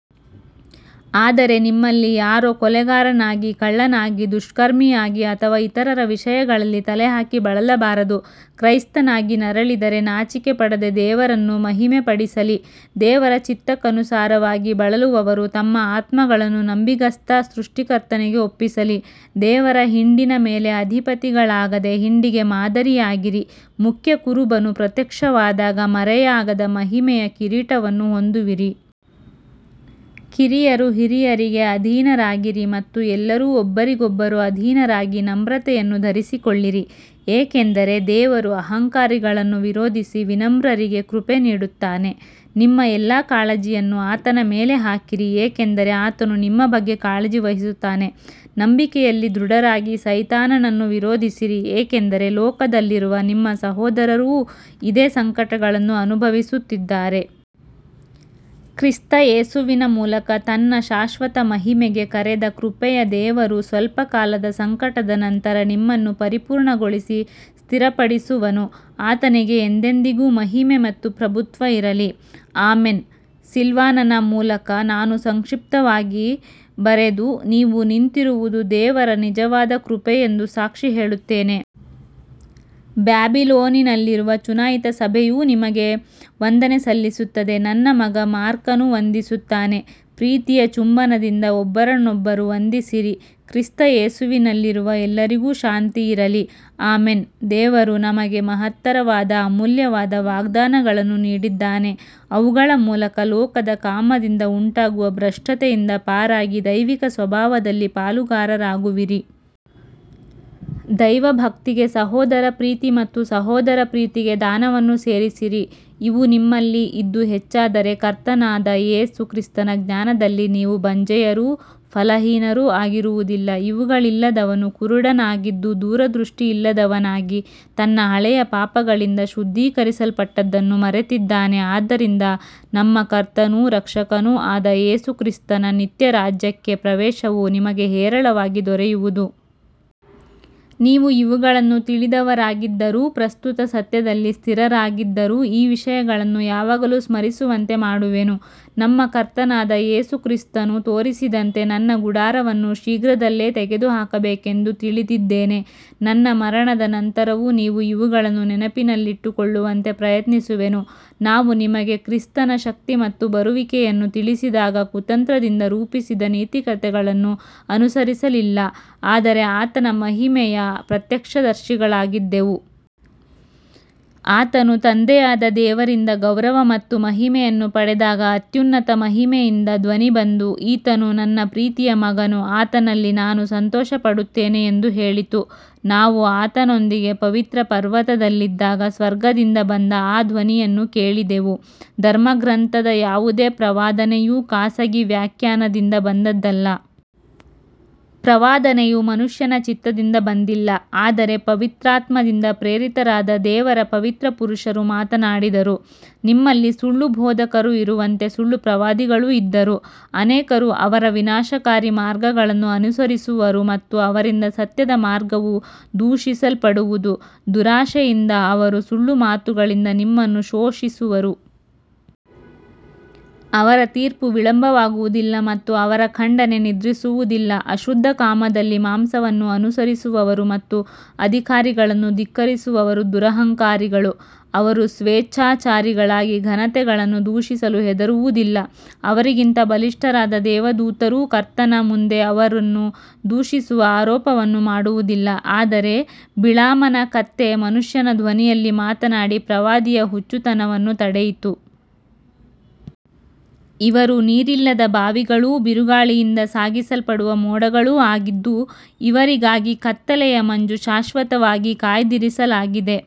ಆದರೆ ನಿಮ್ಮಲ್ಲಿ ಯಾರೂ ಕೊಲೆಗಾರನಾಗಿ ಕಳ್ಳನಾಗಿ ದುಷ್ಕರ್ಮಿಯಾಗಿ ಅಥವಾ ಇತರರ ವಿಷಯಗಳಲ್ಲಿ ತಲೆಹಾಕಿ ಬಳಲಬಾರದು. ಕ್ರೈಸ್ತನಾಗಿ ನರಳಿದರೆ ನಾಚಿಕೆಪಡದೆ ದೇವರನ್ನು ಮಹಿಮೆಪಡಿಸಲಿ. ದೇವರ ಚಿತ್ತಕ್ಕನುಸಾರವಾಗಿ ಬಳಲುವವರು ತಮ್ಮ ಆತ್ಮಗಳನ್ನು ನಂಬಿಗಸ್ತ ಸೃಷ್ಟಿಕರ್ತನಿಗೆ ಒಪ್ಪಿಸಲಿ. ದೇವರ ಹಿಂಡಿನ ಮೇಲೆ ಅಧಿಪತಿಗಳಾಗದೆ ಹಿಂಡಿಗೆ ಮಾದರಿಯಾಗಿರಿ. ಮುಖ್ಯ ಕುರುಬನು ಪ್ರತ್ಯಕ್ಷವಾದಾಗ ಮರೆಯಾಗದ ಮಹಿಮೆಯ ಕಿರೀಟವನ್ನು ಹೊಂದುವಿರಿ. ಕಿರಿಯರು ಹಿರಿಯರಿಗೆ ಅಧೀನರಾಗಿರಿ ಮತ್ತು ಎಲ್ಲರೂ ಒಬ್ಬರಿಗೊಬ್ಬರು ಅಧೀನರಾಗಿ ನಮ್ರತೆಯನ್ನು ಧರಿಸಿಕೊಳ್ಳಿರಿ, ಏಕೆಂದರೆ ದೇವರು ಅಹಂಕಾರಿಗಳನ್ನು ವಿರೋಧಿಸಿ ವಿನಮ್ರರಿಗೆ ಕೃಪೆ ನೀಡುತ್ತಾನೆ. ನಿಮ್ಮ ಎಲ್ಲಾ ಕಾಳಜಿಯನ್ನು ಆತನ ಮೇಲೆ ಹಾಕಿರಿ, ಏಕೆಂದರೆ ಆತನು ನಿಮ್ಮ ಬಗ್ಗೆ ಕಾಳಜಿ ವಹಿಸುತ್ತಾನೆ. ನಂಬಿಕೆಯಲ್ಲಿ ದೃಢರಾಗಿ ಸೈತಾನನನ್ನು ವಿರೋಧಿಸಿರಿ, ಏಕೆಂದರೆ ಲೋಕದಲ್ಲಿರುವ ನಿಮ್ಮ ಸಹೋದರರೂ ಇದೇ ಸಂಕಟಗಳನ್ನು ಅನುಭವಿಸುತ್ತಿದ್ದಾರೆ. ಕ್ರಿಸ್ತ ಯೇಸುವಿನ ಮೂಲಕ ತನ್ನ ಶಾಶ್ವತ ಮಹಿಮೆಗೆ ಕರೆದ ಕೃಪೆಯ ದೇವರು ಸ್ವಲ್ಪಕಾಲದ ಸಂಕಟದ ನಂತರ ನಿಮ್ಮನ್ನು ಪರಿಪೂರ್ಣಗೊಳಿಸಿ ಸ್ಥಿರಪಡಿಸುವನು. ಆತನಿಗೆ ಎಂದೆಂದಿಗೂ ಮಹಿಮೆ ಮತ್ತು ಪ್ರಭುತ್ವ ಇರಲಿ. ಆಮೆನ್. ಸಿಲ್ವಾನನ ಮೂಲಕ ನಾನು ಸಂಕ್ಷಿಪ್ತವಾಗಿ ಬರೆದು, ನೀವು ನಿಂತಿರುವುದು ದೇವರ ನಿಜವಾದ ಕೃಪೆಯೆಂದು ಸಾಕ್ಷಿ ಹೇಳುತ್ತೇನೆ. ಬ್ಯಾಬಿಲೋನಿನಲ್ಲಿರುವ ಚುನಾಯಿತ ಸಭೆಯೂ ನಿಮಗೆ ವಂದನೆ ಸಲ್ಲಿಸುತ್ತದೆ. ನನ್ನ ಮಗ ಮಾರ್ಕನೂ ವಂದಿಸುತ್ತಾನೆ. ಪ್ರೀತಿಯ ಚುಂಬನದಿಂದ ಒಬ್ಬರನ್ನೊಬ್ಬರು ವಂದಿಸಿರಿ. ಕ್ರಿಸ್ತ ಯೇಸುವಿನಲ್ಲಿರುವ ಎಲ್ಲರಿಗೂ ಶಾಂತಿ ಇರಲಿ. ಆಮೆನ್. ದೇವರು ನಮಗೆ ಮಹತ್ತರವಾದ ಅಮೂಲ್ಯವಾದ ವಾಗ್ದಾನಗಳನ್ನು ನೀಡಿದ್ದಾನೆ, ಅವುಗಳ ಮೂಲಕ ಲೋಕದ ಕಾಮದಿಂದ ಉಂಟಾಗುವ ಭ್ರಷ್ಟತೆಯಿಂದ ಪಾರಾಗಿ ದೈವಿಕ ಸ್ವಭಾವದಲ್ಲಿ ಪಾಲುಗಾರರಾಗುವಿರಿ. ದೈವಭಕ್ತಿಗೆ ಸಹೋದರ ಪ್ರೀತಿ ಮತ್ತು ಸಹೋದರ ಪ್ರೀತಿಗೆ ದಾನವನ್ನು ಸೇರಿಸಿರಿ. ಇವು ನಿಮ್ಮಲ್ಲಿ ಇದ್ದು ಹೆಚ್ಚಾದರೆ ಕರ್ತನಾದ ಯೇಸು ಕ್ರಿಸ್ತನ ಜ್ಞಾನದಲ್ಲಿ ನೀವು ಬಂಜೆಯರೂ ಫಲಹೀನರೂ ಆಗಿರುವುದಿಲ್ಲ. ಇವುಗಳಿಲ್ಲದವನು ಕುರುಡನಾಗಿದ್ದು ದೂರದೃಷ್ಟಿಯಿಲ್ಲದವನಾಗಿ ತನ್ನ ಹಳೆಯ ಪಾಪಗಳಿಂದ ಶುದ್ಧೀಕರಿಸಲ್ಪಟ್ಟದ್ದನ್ನು ಮರೆತಿದ್ದಾನೆ. ಆದ್ದರಿಂದ ನಮ್ಮ ಕರ್ತನೂ ರಕ್ಷಕನೂ ಆದ ಯೇಸು ಕ್ರಿಸ್ತನ ನಿತ್ಯ ರಾಜ್ಯಕ್ಕೆ ಪ್ರವೇಶವು ನಿಮಗೆ ಹೇರಳವಾಗಿ ದೊರೆಯುವುದು. ನೀವು ಇವುಗಳನ್ನು ತಿಳಿದವರಾಗಿದ್ದರೂ ಪ್ರಸ್ತುತ ಸತ್ಯದಲ್ಲಿ ಸ್ಥಿರರಾಗಿದ್ದರೂ ಈ ವಿಷಯಗಳನ್ನು ಯಾವಾಗಲೂ ಸ್ಮರಿಸುವಂತೆ ಮಾಡುವೆನು. ನಮ್ಮ ಕರ್ತನಾದ ಯೇಸು ಕ್ರಿಸ್ತನು ತೋರಿಸಿದಂತೆ ನನ್ನ ಗುಡಾರವನ್ನು ಶೀಘ್ರದಲ್ಲೇ ತೆಗೆದುಹಾಕಬೇಕೆಂದು ತಿಳಿದಿದ್ದೇನೆ. ನನ್ನ ಮರಣದ ನಂತರವೂ ನೀವು ಇವುಗಳನ್ನು ನೆನಪಿನಲ್ಲಿಟ್ಟುಕೊಳ್ಳುವಂತೆ ಪ್ರಯತ್ನಿಸುವೆನು. ನಾವು ನಿಮಗೆ ಕ್ರಿಸ್ತನ ಶಕ್ತಿ ಮತ್ತು ಬರುವಿಕೆಯನ್ನು ತಿಳಿಸಿದಾಗ ಕುತಂತ್ರದಿಂದ ರೂಪಿಸಿದ ನೀತಿಕಥೆಗಳನ್ನು ಅನುಸರಿಸಲಿಲ್ಲ, ಆದರೆ ಆತನ ಮಹಿಮೆಯ ಪ್ರತ್ಯಕ್ಷದರ್ಶಿಗಳಾಗಿದ್ದೆವು. ಆತನು ತಂದೆಯಾದ ದೇವರಿಂದ ಗೌರವ ಮತ್ತು ಮಹಿಮೆಯನ್ನು ಪಡೆದಾಗ ಅತ್ಯುನ್ನತ ಮಹಿಮೆಯಿಂದ ಧ್ವನಿ ಬಂದು, ಈತನು ನನ್ನ ಪ್ರೀತಿಯ ಮಗನು, ಆತನಲ್ಲಿ ನಾನು ಸಂತೋಷಪಡುತ್ತೇನೆ ಎಂದು ಹೇಳಿತು. ನಾವು ಆತನೊಂದಿಗೆ ಪವಿತ್ರ ಪರ್ವತದಲ್ಲಿದ್ದಾಗ ಸ್ವರ್ಗದಿಂದ ಬಂದ ಆ ಧ್ವನಿಯನ್ನು ಕೇಳಿದೆವು. ಧರ್ಮಗ್ರಂಥದ ಯಾವುದೇ ಪ್ರವಾದನೆಯೂ ಖಾಸಗಿ ವ್ಯಾಖ್ಯಾನದಿಂದ ಬಂದದ್ದಲ್ಲ. ಪ್ರವಾದನೆಯು ಮನುಷ್ಯನ ಚಿತ್ತದಿಂದ ಬಂದಿಲ್ಲ, ಆದರೆ ಪವಿತ್ರಾತ್ಮದಿಂದ ಪ್ರೇರಿತರಾದ ದೇವರ ಪವಿತ್ರ ಪುರುಷರು ಮಾತನಾಡಿದರು. ನಿಮ್ಮಲ್ಲಿ ಸುಳ್ಳು ಬೋಧಕರು ಇರುವಂತೆ ಸುಳ್ಳು ಪ್ರವಾದಿಗಳೂ ಇದ್ದರು. ಅನೇಕರು ಅವರ ವಿನಾಶಕಾರಿ ಮಾರ್ಗಗಳನ್ನು ಅನುಸರಿಸುವರು ಮತ್ತು ಅವರಿಂದ ಸತ್ಯದ ಮಾರ್ಗವು ದೂಷಿಸಲ್ಪಡುವುದು. ದುರಾಶೆಯಿಂದ ಅವರು ಸುಳ್ಳು ಮಾತುಗಳಿಂದ ನಿಮ್ಮನ್ನು ಶೋಷಿಸುವರು. ಅವರ ತೀರ್ಪು ವಿಳಂಬವಾಗುವುದಿಲ್ಲ ಮತ್ತು ಅವರ ಖಂಡನೆ ನಿದ್ರಿಸುವುದಿಲ್ಲ. ಅಶುದ್ಧ ಕಾಮದಲ್ಲಿ ಮಾಂಸವನ್ನು ಅನುಸರಿಸುವವರು ಮತ್ತು ಅಧಿಕಾರಿಗಳನ್ನು ಧಿಕ್ಕರಿಸುವವರು ದುರಹಂಕಾರಿಗಳು. ಅವರು ಸ್ವೇಚ್ಛಾಚಾರಿಗಳಾಗಿ ಘನತೆಗಳನ್ನು ದೂಷಿಸಲು ಹೆದರುವುದಿಲ್ಲ. ಅವರಿಗಿಂತ ಬಲಿಷ್ಠರಾದ ದೇವದೂತರೂ ಕರ್ತನ ಮುಂದೆ ಅವರನ್ನು ದೂಷಿಸುವ ಆರೋಪವನ್ನು ಮಾಡುವುದಿಲ್ಲ. ಆದರೆ ಬಿಳಾಮನ ಕತ್ತೆ ಮನುಷ್ಯನ ಧ್ವನಿಯಲ್ಲಿ ಮಾತನಾಡಿ ಪ್ರವಾದಿಯ ಹುಚ್ಚುತನವನ್ನು ತಡೆಯಿತು. ಇವರು ನೀರಿಲ್ಲದ ಬಾವಿಗಳೂ ಬಿರುಗಾಳಿಯಿಂದ ಸಾಗಿಸಲ್ಪಡುವ ಮೋಡಗಳೂ ಆಗಿದ್ದು, ಇವರಿಗಾಗಿ ಕತ್ತಲೆಯ ಮಂಜು ಶಾಶ್ವತವಾಗಿ ಕಾಯ್ದಿರಿಸಲಾಗಿದೆ.